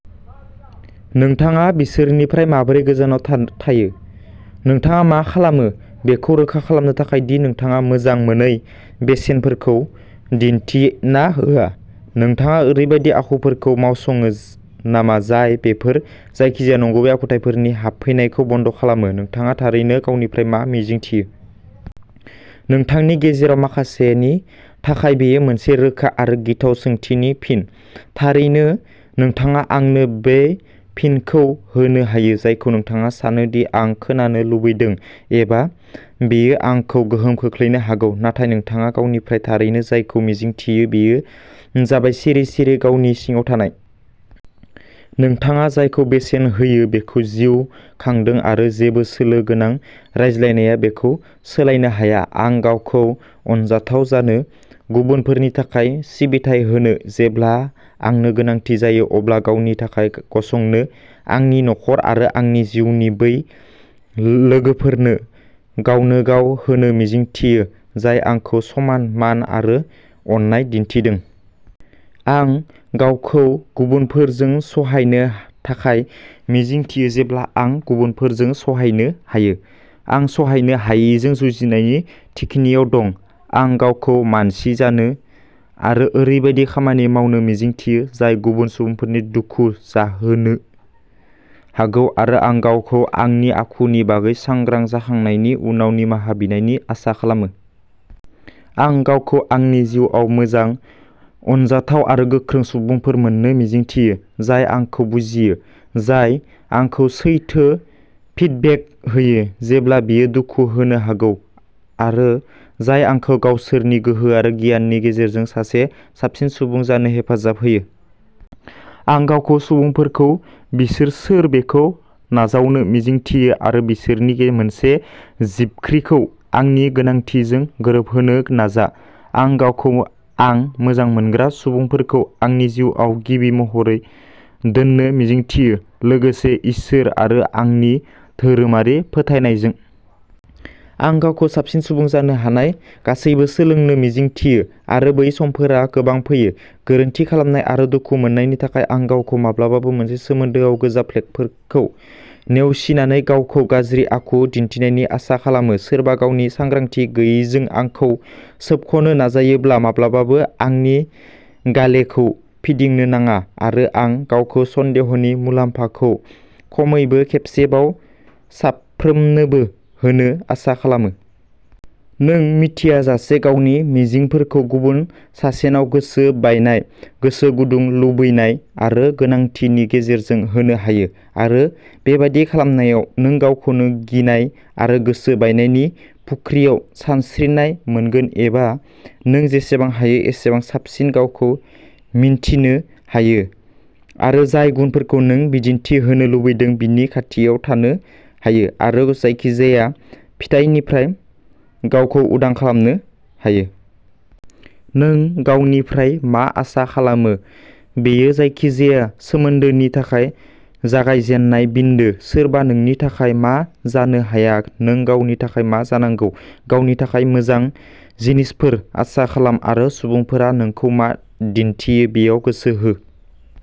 नोंथाङा बिसोरनिफ्राय माबोरै गोजानाव थायो? नोंथाङा मा खालामो बेखौ रोखा खालामनो थाखाय दि नोंथाङा मोजां मोनै बेसेनफोरखौ दिन्थिना होआ? नोंथाङा ओरैबायदि आखुफोरखौ मावसङो नामा जाय बेफोर जायखिजाया नंगुबै आखुथायफोरनि हाबफैनायखौ बन्द' खालामो? नोंथाङा थारैनो गावनिफ्राय मा मिजिंथियो? नोंथांनि गेजेराव माखासेनि थाखाय, बेयो मोनसे रोखा आरो गिथाव सोंथिनि फिन। थारैनो, नोंथाङा आंनो बै फिनखौ होनो हायो जायखौ नोंथाङा सानो दि आं खोनानो लुबैदों एबा बेयो आंखौ गोहोम खोख्लैनो हागौ, नाथाय नोंथाङा गावनिफ्राय थारैनो जायखौ मिजिंथियो बेयो जाबाय सिरि सिरि गावनि सिङाव थानाय। नोंथाङा जायखौ बेसेन होयो बेखौ जिउ खांदों आरो जेबो सोलो गोनां रायज्लायनाया बेखौ सोलायनो हाया। आं गावखौ अनजाथाव जानो, गुबुनफोरनि थाखाय सिबिथाइ होनो, जेब्ला आंनो गोनांथि जायो अब्ला गावनि थाखाय गसंनो, आंनि नखर आरो आंनि जिउनि बै लोगोफोरनो गावनोगाव होनो मिजिंथियो जाय आंखौ समान मान आरो अननाय दिन्थिदों। आं गावखौ गुबुनफोरजों सहायनो थाखाय मिजिंथियो जेब्ला आं गुबुनफोरजों सहायनो हायो। आं सहायनो हायैजों जुजिनायनि थिखिनियाव दं। आं गावखौ मानसि जानो आरो ओरैबायदि खामानि मावनो मिजिंथियो जाय गुबुन सुबुंफोरनि दुखु जाहोनो हागौ आरो आं गावखौ आंनि आखुनि बागै सांग्रां जाखांनायनि उनाव निमाहा बिनायनि आसा खालामो। आं गावखौ आंनि जिउआव मोजां, अनजाथाव आरो गोख्रों सुबुंफोर मोन्नो मिजिंथियो, जाय आंखौ जुजियो, जाय आंखौ सैथो फिडबेक होयो, जेब्ला बेयो दुखु होनो हागौ आरो जाय आंखौ गावसोरनि गोहो आरो गियाननि गेजेरजों सासे साबसिन सुबुं जानो हेफाजाब होयो। आं गावखौ सुबुंफोरखौ बिसोर सोर बेखौ नाजावनो मिजिंथियो आरो बिसोरनि मोनसे जिबख्रिखौ आंनि गोनांथिजों गोरोबहोनो नाजा। आं गावखौ आं मोजां मोनग्रा सुबुंफोरखौ आंनि जिउआव गिबि महरै दोननो मिजिंथियो, लोगोसे इसोर आरो आंनि धोरोमारि फोथायनायजों। आं गावखौ साबसिन सुबुं जानो हानाय गासैबो सोलोंनो मिजिंथियो आरो बै समफोरा गोबां फैयो। गोरोन्थि खालामनाय आरो दुखु मोन्नायनि थाखाय आं गावखौ माब्लाबाबो मोनसे सोमोन्दोआव गोजा फ्लेगफोरखौ नेवसिनानै गावखौ गाज्रि आखु दिन्थिनायनि आसा खालामो, सोरबा गावनि सांग्रांथि गैयैजों आंखौ सोबख'नो नाजायोब्ला माब्लाबाबो आंनि गालेखौ फिदिंनो नाङा आरो आं गावखौ सन्देहनि मुलाम्फाखौ खमैबो खेबसेबाव साफ्रोमनोबो होनो आसा खालामो। नों मिथियाजासे गावनि मिजिंफोरखौ गुबुन सासेनाव गोसो बायनाय, गोसो गुदुं, लुबैनाय आरो गोनांथिनि गेजेरजों होनो हायो आरो बेबादि खालामनायाव, नों गावखौनो गिनाय आरो गोसो बायनायनि फुख्रियाव सानस्रिनाय मोनगोन एबा नों जेसेबां हायो एसेबां साबसिन गावखौ मिन्थिनो हायो आरो जाय गुनफोरखौ नों बिदिन्थि होनो लुबैदों बिनि खाथियाव थानो हायो, आरो जायखिजाया फिथायनिफ्राय गावखौ उदां खालामनो हायो। नों गावनिफ्राय मा आसा खालामो बेयो जायखिजाया सोमोन्दोनि थाखाय जागायजेननाय बिन्दो। सोरबा नोंनि थाखाय मा जानो हाया नों गावनि थाखाय मा जानांगौ। गावनि थाखाय मोजां जिनिसफोर आसा खालाम आरो सुबुंफोरा नोंखौ मा दिन्थियो बेयाव गोसो हो।